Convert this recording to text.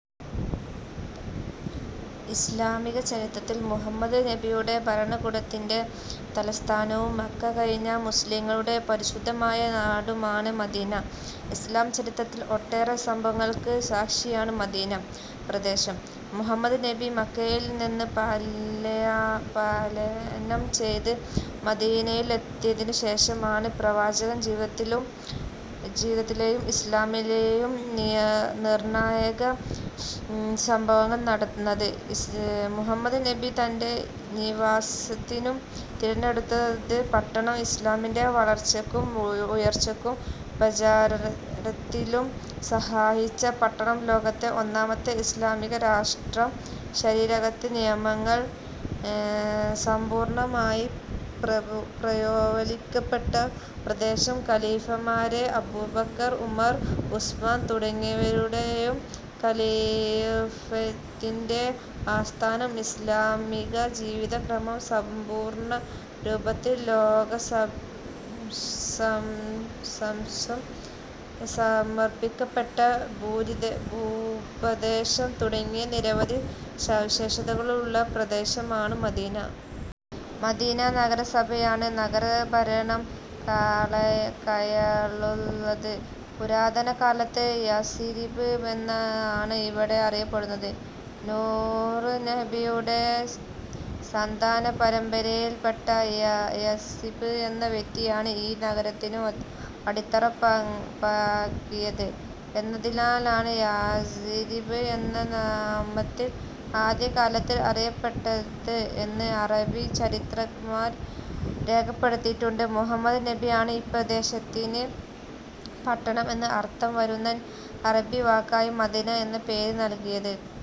ഇസ്ലാമികചരിത്രത്തിൽ മുഹമ്മദ് നബിയുടെ ഭരണകൂടത്തിന്റെ തലസ്ഥാനവും മക്ക കഴിഞ്ഞാൽ മുസ്ലിംകളുടെ പരിശുദ്ധമായ നാടുമാണ് മദീന. ഇസ്ലാം ചരിത്രത്തിൽ ഒട്ടേറെ സംഭവങ്ങൾക്ക് സാക്ഷിയാണ് മദീന പ്രദേശം. മുഹമ്മദ് നബി മക്കയിൽ നിന്ന് പല്യാ പലായനം ചെയ്ത് മദീനയിലെത്തിയതിനു ശേഷമാണ് പ്രവാചകൻ ജീവിതത്തിലുംജീവിതത്തിലെയും ഇസ്ലാമിലെയും നിർണായക സംഭവങ്ങൾ നടന്നത്. മുഹമ്മദ് നബി തന്റെ നിവാസത്തിനു തിരഞ്ഞെടുത്ത പട്ടണം, ഇസ്ലാമിന്റെ വളർച്ചക്കും ഉയർച്ചക്കും പ്രചാരത്തലും സഹായിച്ച പട്ടണം, ലോകത്തെ ഒന്നാമത്തെ ഇസ്ലാമിക രാഷ്ട്രം, ശരീഅത്ത് നിയമങ്ങൾ സമ്പൂർണ്ണമായി പ്രയോരിക്കപ്പെട്ട പ്രദേശം, ഖലീഫമാരെഅബൂബക്കർ, ഉമർ, ഉസ്മാൻ തുടങ്ങിയവരുടെയും ഖിലാഫത്തിന്റെ ആസ്ഥാനം, ഇസ്ലാമിക ജീവിതക്രമം സമ്പൂർണ രൂപത്തിൽ ലോകസംസ o സമർപ്പിക്കപ്പെട്ട ഭൂപ്രദേശം തുടങ്ങിയ നിരവധി സവിശേഷതകളുള്ള പ്രദേശമാണ് മദീന. മദീന നഗരസഭയാണ് നഗരഭരണം കയ്യാളുന്നത്. പുരാതന കാലത്ത് യസ്'രിബ് എന്നാണ് ഇവിടം അറിയപ്പെട്ടത്. നൂഹ് നബിയുടെ സന്താന പരമ്പരയിൽ പെട്ട യസ്രിബ് എന്ന വ്യക്തിയാണ് ഈ നഗരത്തിനു അടിത്തറ പാകിയത് എന്നതിനാലാണ് യസ്'രിബ് എന്ന നാമത്തിൽ ആദ്യകാലത്ത് അറിയപ്പെട്ടത് എന്ന് അറബ് ചരിത്രകാരന്മാർ രേഖപ്പെടുത്തിയിട്ടുണ്ട്. മുഹമ്മദ് നബിയാണ് ഈ പ്രദേശത്തിന് പട്ടണം എന്ന് അർഥം വരുന്ന അറബി വാക്കായ മദീന എന്ന പേര് നൽകിയത്.